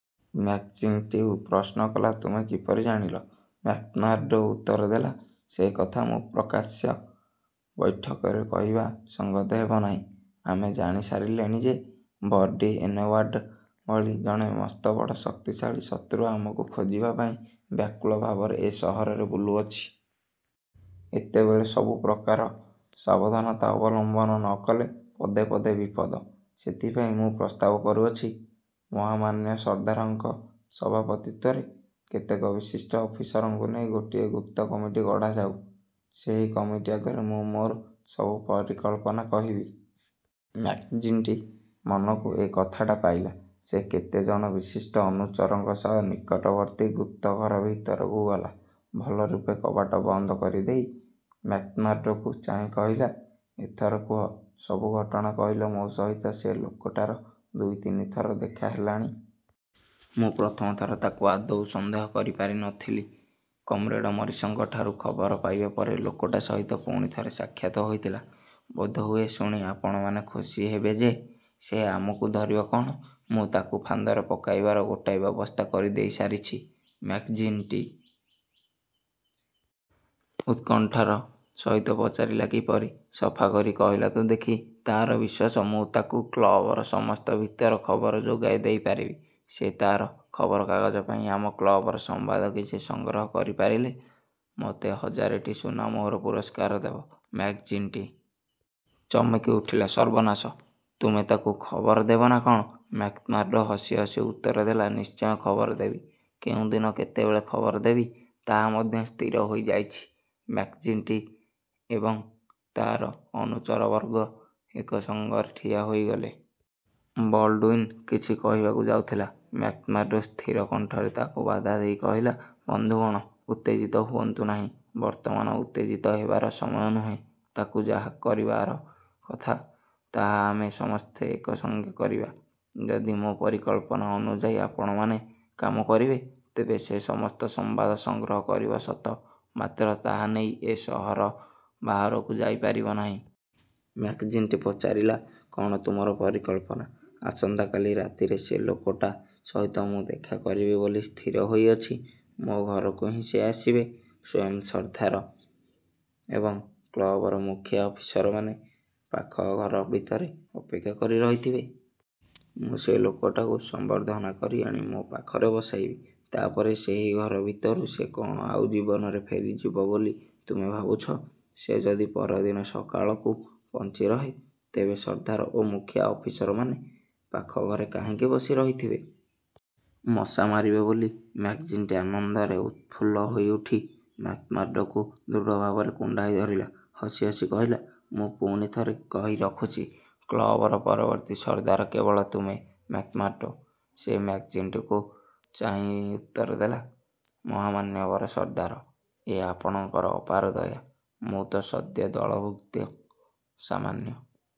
McGinty ପ୍ରଶ୍ନ କଲା, ତୁମେ କିପରି ଜାଣିଲ? ମ୍ୟାକ୍ମାର୍ଡ଼ୋ ଉତ୍ତର ଦେଲା, ସେ କଥା ମୁଁ ପ୍ରକାଶ୍ୟ ବୈଠକରେ କହିବା ସଙ୍ଗତ ହେବ ନାହିଁ। ଆମେ ଜାଣିସାରିଲେଣି ଯେ, ବର୍ଡ଼ି ଏନଓ୍ୟାର୍ଡ଼ ଭଳି ଜଣେ ମସ୍ତବଡ଼, ଶକ୍ତିଶାଳୀ ଶତ୍ରୁ ଆମକୁ ଖୋଜିବା ପାଇଁ ବ୍ୟାକୁଳ ଭାବରେ ଏ ସହରରେ ବୁଲୁଅଛି। ଏତେବେଳେ ସବୁ ପ୍ରକାର ସାବଧାନତା ଅବଲମ୍ବନ ନ କଲେ ପଦେ ପଦେ ବିପଦ। ସେଥିପାଇଁ ମୁଁ ପ୍ରସ୍ତାବ କରୁଅଛି, ମହାମାନ୍ୟ ସର୍ଦ୍ଦାରଙ୍କ ସଭାପତିତ୍ୱରେ କେତେକ ବିଶିଷ୍ଟ ଅଫିସରଙ୍କୁ ନେଇ ଗୋଟିଏ ଗୁପ୍ତ କମିଟି ଗଢ଼ାଯାଉ। ସେହି କମିଟି ଆଗରେ ମୁଁ ମୋର ସବୁ ପରିକଳ୍ପନା କହିବି। ମ୍ୟାକ୍ଜିଣ୍ଟି ମନକୁ ଏ କଥାଟା ପାଇଲା। ସେ କେତେ ଜଣ ବିଶିଷ୍ଟ ଅନୁଚରଙ୍କ ସହ ନିକଟବର୍ତ୍ତୀ ଗୁପ୍ତଘର ଭିତରକୁ ଗଲା। ଭଲରୂପେ କବାଟ ବନ୍ଦ କରିଦେଇ ମ୍ୟାକ୍ମାର୍ଡ଼ୋକୁ ଚାହିଁ କହିଲା, ଏଥର କୁହ, ସବୁ ଘଟଣା କହିଲ ମୋ ସହିତ ସେ ଲୋକଟାର ଦୁଇତିନି ଥର ଦେଖା ହେଲାଣି। ମୁଁ ପ୍ରଥମରେ ତାକୁ ଆଦୌ ସନ୍ଦେହ କରିପାରି ନ ଥିଲି। କମ୍ରେଡ଼ ମରିସଙ୍କଠାରୁ ଖବର ପାଇବା ପରେ ଲୋକଟା ସହିତ ପୁଣି ଥରେ ସାକ୍ଷାତ ହୋଇଥିଲା। ବୋଧହୁଏ ଶୁଣି ଆପଣମାନେ ଖୁସି ହେବେ ଯେ, ସେ ଆମକୁ ଧରିବ କଣ, ମୁଁ ତାକୁ ଫାନ୍ଦରେ ପକାଇବାର ଗୋଟାଏ ବ୍ୟବସ୍ଥା କରିଦେଇ ସାରିଛି। ମ୍ୟାକ୍ଜିଣ୍ଟି ଉତ୍କଣ୍ଠାର ସହିତ ପଚାରିଲା କିପରି? ସଫା କରି କହିଲ ତ ଦେଖି। ତାର ବିଶ୍ୱାସ, ମୁଁ ତାକୁ କ୍ଳବର ସମସ୍ତ ଭିତର ଖବର ଯୋଗାଇଦେଇପାରିବି। ସେ ତାର ଖବରକାଗଜ ପାଇଁ ଆମ କ୍ଳବର ସମ୍ବାଦ କିଛି ସଂଗ୍ରହ କରିପାରିଲେ ମୋତେ ହଜାରେଟି ସୁନା ମୋହର ପୁରସ୍କାର ଦେବ। ମ୍ୟାକ୍ଜିଣ୍ଟି ଚମକି ଉଠିଲା, ସର୍ବନାଶ, ତୁମେ ତାକୁ ଖବର ଦେବ ନା କଣ? ମ୍ୟାକ୍ମାର୍ଡ଼ୋ ହସିହସି ଉତ୍ତର ଦେଲା, ନିଶ୍ଚୟ ଖବର ଦେବି। କେଉଁ ଦିନ କେତେବେଳେ ଖବର ଦେବି, ତାହା ମଧ୍ୟ ସ୍ଥିର ହୋଇଯାଇଛି। ମ୍ୟାକ୍ଜିଣ୍ଟି ଏବଂ ତାର ଅନୁଚରବର୍ଗ ଏକସଙ୍ଗରେ ଠିଆ ହୋଇଗଲେ। ବଲ୍ଡ଼ୁଇନ କିଛି କହିବାକୁ ଯାଉଥିଲା, ମ୍ୟାକ୍ମାର୍ଡ଼ୋ ସ୍ଥିର କଣ୍ଠରେ ତାକୁ ବାଧା ଦେଇ କହିଲା, ବନ୍ଧୁଗଣ, ଉତ୍ତେଜିତ ହୁଅନ୍ତୁ ନାହିଁ। ବର୍ତ୍ତମାନ ଉତ୍ତେଜିତ ହେବାର ସମୟ ନୁହେଁ। ତାକୁ ଯାହା କରିବାର କଥା, ତାହା ଆମେ ସମସ୍ତେ ଏକସଙ୍ଗେ କରିବା। ଯଦି ମୋ ପରିକଳ୍ପନା ଅନୁଯାୟୀ ଆପଣମାନେ କାମ କରିବେ, ତେବେ ସେ ସମସ୍ତ ସମ୍ବାଦ ସଂଗ୍ରହ କରିବ ସତ; ମାତ୍ର ତାହା ନେଇ ଏ ସହର ବାହାରକୁ ଯାଇପାରିବ ନାହିଁ। ମ୍ୟାକ୍ଜିଣ୍ଟି ପଚାରିଲା, କଣ ତୁମର ପରିକଳ୍ପନା? ଆସନ୍ତା କାଲି ରାତିରେ ସେ ଲୋକଟା ସହିତ ମୁଁ ଦେଖା କରିବି ବୋଲି ସ୍ଥିର ହୋଇଅଛି। ମୋ ଘରକୁ ହିଁ ସେ ଆସିବେ। ସ୍ୱୟଂ ସର୍ଦ୍ଦାର ଏବଂ କ୍ଳବର ମୁଖିଆ ଅଫିସରମାନେ ପାଖ ଘର ଭିତରେ ଅପେକ୍ଷା କରି ରହିଥିବେ। ମୁଁ ସେ ଲୋକଟାକୁ ସମ୍ବର୍ଦ୍ଧନା କରି ଆଣି ମୋ ପାଖରେ ବସାଇବି। ତା ପରେ ସେହି ଘର ଭିତରୁ ସେ କଣ ଆଉ ଜୀବନରେ ଫେରିଯିବ ବୋଲି ତୁମେ ଭାବୁଛ? ସେ ଯଦି ପର ଦିନ ସକାଳକୁ ବଞ୍ଚିରହେ, ତେବେ ସର୍ଦ୍ଦାର ଓ ମୁଖିଆ ଅଫିସରମାନେ ପାଖ ଘରେ କାହିଁକି ବସି ରହିଥିବେ? ମଶା ମାରିବେ ବୋଲି? ମ୍ୟାକ୍ଜିଣ୍ଟି ଆନନ୍ଦରେ ଉତ୍ଫୁଲ୍ଲ ହୋଇଉଠି ମ୍ୟାକ୍ମାର୍ଡ଼ୋକୁ ଦୃଢ଼ଭାବରେ କୁଣ୍ଢାଇ ଧରିଲା। ହସିହସି କହିଲା, ମୁଁ ପୁଣି ଥରେ କହି ରଖୁଛି, କ୍ଳବର ପରବର୍ତ୍ତୀ ସର୍ଦ୍ଦାର କେବଳ ତୁମେ ମ୍ୟାକ୍ମାର୍ଡ଼ୋ। ସେ ମ୍ୟାକ୍ଜିଣ୍ଟିକୁ ଚାହିଁ ଉତ୍ତର ଦେଲା, ମହାମାନ୍ୟବର ସର୍ଦ୍ଦାର, ଏ ଆପଣଙ୍କର ଅପାର ଦୟା। ମୁଁ ତ ସଦ୍ୟ ଦଳଭୁକ୍ତ ସାମାନ୍ୟ..